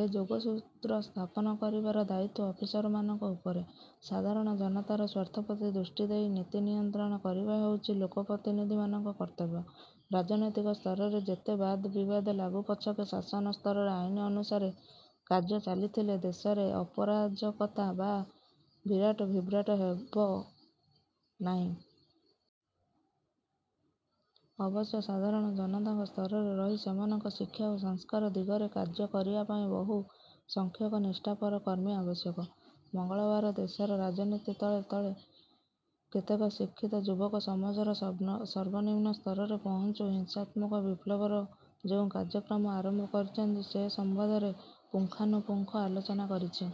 ଏ ଯୋଗସୂତ୍ର ସ୍ଥାପନ କରିବାର ଦାୟିତ୍ୱ ଅଫିସରମାନଙ୍କ ଉପରେ। ସାଧାରଣ ଜନତାର ସ୍ୱାର୍ଥପ୍ରତି ଦୃଷ୍ଟି ଦେଇ ନୀତି ନିୟନ୍ତ୍ରଣ କରିବା ହେଉଛି ଲୋକପ୍ରତିନିଧିମାନଙ୍କ କର୍ତ୍ତବ୍ୟ। ରାଜନୈତିକ ସ୍ତରରେ ଯେତେ ବାଦ ବିବାଦ ଲାଗୁ ପଛକେ ଶାସନ ସ୍ତରରେ ଆଇନ ଅନୁସାରେ କାର୍ଯ୍ୟ ଚାଲିଥିଲେ ଦେଶରେ ଅରାଜକତା ବା ବିରାଟ ବିଭ୍ରାଟ କେବେ ହେବନାହିଁ। ଅବଶ୍ୟ ସାଧାରଣ ଜନତାଙ୍କ ସ୍ତରରେ ରହି ସେମାନଙ୍କ ଶିକ୍ଷା ଓ ସଂସ୍କାର ଦିଗରେ କାର୍ଯ୍ୟ କରିବାପାଇଁ ବହୁ ସଂଖ୍ୟକ ନିଷ୍ଠାପର କର୍ମୀ ଆବଶ୍ୟକ। ମଙ୍ଗଳବାର ଦେଶର ରାଜନୀତି ତଳେ ତଳେ କେତେକ ଶିକ୍ଷିତ ଯୁବକ ସମାଜର ସର୍ବନିମ୍ନ ସ୍ତରରେ ପହୁଞ୍ଚି ହିଂସାତ୍ମକ ବିପ୍ଳବର ଯେଉଁ କାର୍ଯ୍ୟକ୍ରମ ଆରମ୍ଭ କରିଛନ୍ତି ସେ ସମ୍ବନ୍ଧରେ ପୁଙ୍ଖାନୁପୁଙ୍ଖ ଆଲୋଚନା କରିଛି।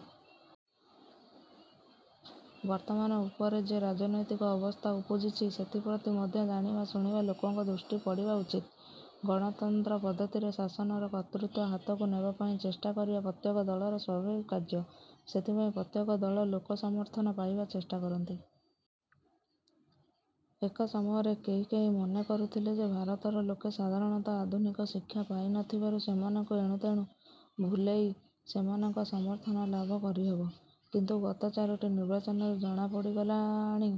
ବର୍ତ୍ତମାନ ଉପରେ ଯେ ରାଜନୈତିକ ଅବସ୍ଥା ଉପୁଜିଛି, ସେଥିପ୍ରତି ମଧ୍ୟ ଜାଣିବା ଶୁଣିବା ଲୋକଙ୍କ ଦୃଷ୍ଟି ପଡ଼ିବା ଉଚିତ। ଗଣତନ୍ତ୍ର ପଦ୍ଧତିରେ ଶାସନର କର୍ତ୍ତୃତ୍ୱ ହାତକୁ ନେବାପାଇଁ ଚେଷ୍ଟା କରିବା ପ୍ରତ୍ୟେକ ଦଳର ସ୍ୱାଭାବିକ କାର୍ଯ୍ୟ। ସେଥିପାଇଁ ପ୍ରତ୍ୟେକ ଦଳ ଲୋକ ସମର୍ଥନ ପାଇବା ଚେଷ୍ଟା କରନ୍ତି। ଏକ ସମୟରେ କେହି କେହି ମନେ କରୁଥିଲେ ଯେ ଭାରତର ଲୋକେ ସାଧାରଣତଃ ଆଧୁନିକ ଶିକ୍ଷା ପାଇନଥିବାରୁ ସେମାନଙ୍କୁ ଏଣୁ ତେଣୁ ଭୁଲେଇ ସେମାନଙ୍କ ସମର୍ଥନ ଲାଭ କରିହେବ; କିନ୍ତୁ ଗତ ଚାରୋଟି ନିର୍ବାଚନରେ ଜଣାଗଲାଣି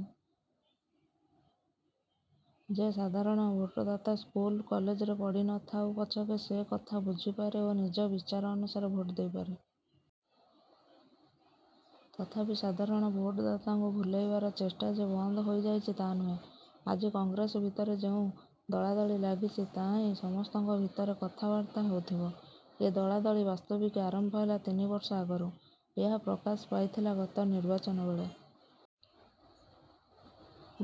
ଯେ ସାଧାରଣ ଭୋଟଦାତା ସ୍କୁଲ କଲେଜରେ ପଢ଼ି ନ ଥାଉ ପଛକେ ସେ କଥା ବୁଝିପାରେ ଓ ନିଜ ବିଚାର ଅନୁସାରେ ଭୋଟ ଦେଇପାରେ। ତଥାପି ସାଧାରଣ ଭୋଟଦାତାଙ୍କୁ ଭୁଲେଇବାର ଚେଷ୍ଟା ଯେ ବନ୍ଦ ହୋଇଯାଇଛି, ତାହା ନୁହେଁ। ଆଜି କଂଗ୍ରେସ ଭିତରେ ଯେଉଁ ଦଳାଦଳି ଲାଗିଛି, ତାହାହିଁ ସମସ୍ତଙ୍କ ଭିତରେ କଥାବାର୍ତ୍ତା ହେଉଥିବ। ଏ ଦଳାଦଳି ବାସ୍ତବିକ ଆରମ୍ଭ ହେଲା ତିନିବର୍ଷ ଆଗରୁ। ଏହା ପ୍ରକାଶ ପାଇଥିଲା ଗତ ନିର୍ବାଚନବେଳେ।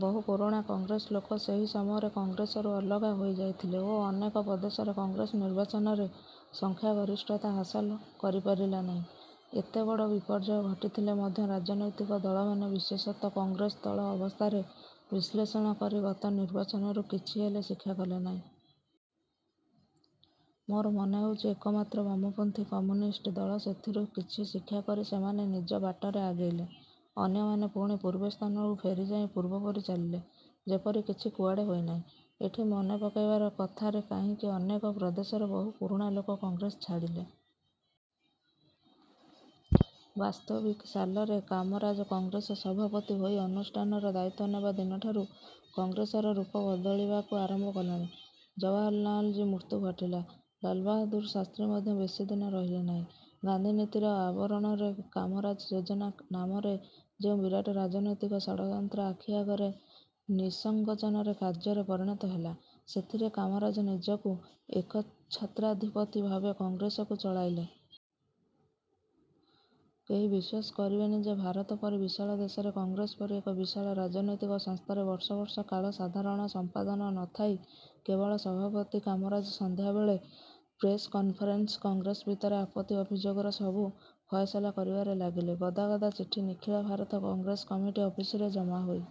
ବହୁ ପୁରୁଣା କଂଗ୍ରେସ ଲୋକ ସେହି ସମୟରେ କଂଗ୍ରେସରୁ ଅଲଗା ହୋଇଯାଇଥିଲେ ଓ ଅନେକ ପ୍ରଦେଶରେ କଂଗ୍ରେସ ନିର୍ବାଚନରେ ସଂଖ୍ୟାଗରିଷ୍ଠତା ହାସଲ କରିପାରିଲାନାହିଁ। ଏତେ ବଡ଼ ବିପର୍ଯ୍ୟୟ ଘଟିଥିଲେ ମଧ୍ୟ ରାଜନୈତିକ ଦଳମାନେ ବିଶେଷତଃ କଂଗ୍ରେସ ଦଳ ଅବସ୍ଥାର ବିଶ୍ଳେଷଣ କରି ଗତ ନିର୍ବାଚନରୁ କିଛି ହେଲେ ଶିକ୍ଷା କଲେନାହିଁ। ମୋର ମନେହେଉଛି ଏକମାତ୍ର ବାମପନ୍ଥୀ କମ୍ୟୁନିଷ୍ଟ ଦଳ ସେଥିରୁ କିଛି ଶିକ୍ଷାକରି ସେମାନେ ନିଜ ବାଟରେ ଆଗେଇଲେ। ଅନ୍ୟମାନେ ପୁଣି ପୂର୍ବେ ସ୍ଥାନକୁ ଫେରିଯାଇ ପୂର୍ବପରି ଚାଲିଲେ। ଯେପରି କିଛି କୁଆଡ଼େ ହୋଇନାହିଁ। ଏଠି ମନେପକାଇବାର କଥା ରେ କାହିଁକି ଅନେକ ପ୍ରଦେଶରେ ବହୁ ପୁରୁଣା ଲୋକ କଂଗ୍ରେସ ଛାଡ଼ିଲେ। ବାସ୍ତବିକ ସାଲରେ କାମରାଜ କଂଗ୍ରେସ ସଭାପତି ହୋଇ ଅନୁଷ୍ଠାନର ଦାୟିତ୍ୱ ନେବା ଦିନଠାରୁ କଂଗ୍ରେସର ରୂପ ବଦଳିବାକୁ ଆରମ୍ଭ କଲାଣି। ଜବାହରଲାଲଜୀଙ୍କ ମୃତ୍ୟୁ ଘଟିଲା। ଲାଲବାହାଦୂର ଶାସ୍ତ୍ରୀ ମଧ୍ୟ ବେଶି ଦିନ ରହିଲେନାହିଁ। ଗାନ୍ଧିନୀତିର ଆବରଣରେ କାମରାଜ ଯୋଜନା ନାମରେ ଯେଉଁ ବିରାଟ ରାଜନୈତିକ ଷଡ଼ଯନ୍ତ୍ର ଆଖି ଆଗରେ ନିଃସଙ୍କୋଚରେ କାର୍ଯ୍ୟରେ ପରିଣତ ହେଲା, ସେଥିରେ କାମରାଜ ନିଜକୁ ଏକଚ୍ଛତ୍ରାଧିପତି ଭାବି କଂଗ୍ରେସକୁ ଚଳାଇଲେ। କେହି ବିଶ୍ୱାସ କରିବେନି ଯେ ଭାରତ ପରି ବିଶାଳ ଦେଶରେ କଂଗ୍ରେସ ପରି ଏକ ବିଶାଳ ରାଜନୈତିକ ସଂସ୍ଥାରେ ବର୍ଷ ବର୍ଷ କାଳ ସାଧାରଣ ସମ୍ପାଦନ ନ ଥାଇ କେବଳ ସଭାପତି କାମରାଜ ସନ୍ଧ୍ୟାବେଳେ ପ୍ରେସକନ୍ଫରେନ୍ସରେ କଂଗ୍ରେସ ଭିତରର ଆପତ୍ତି ଅଭିଯୋଗର ସବୁ ଫଏସଲା କରିବାରେ ଲାଗିଲେ! ଗଦା ଗଦା ଚିଠି ନିଖିଳ ଭାରତ କଂଗ୍ରେସ କମିଟି ଅଫିସରେ ଜମାହୋଇ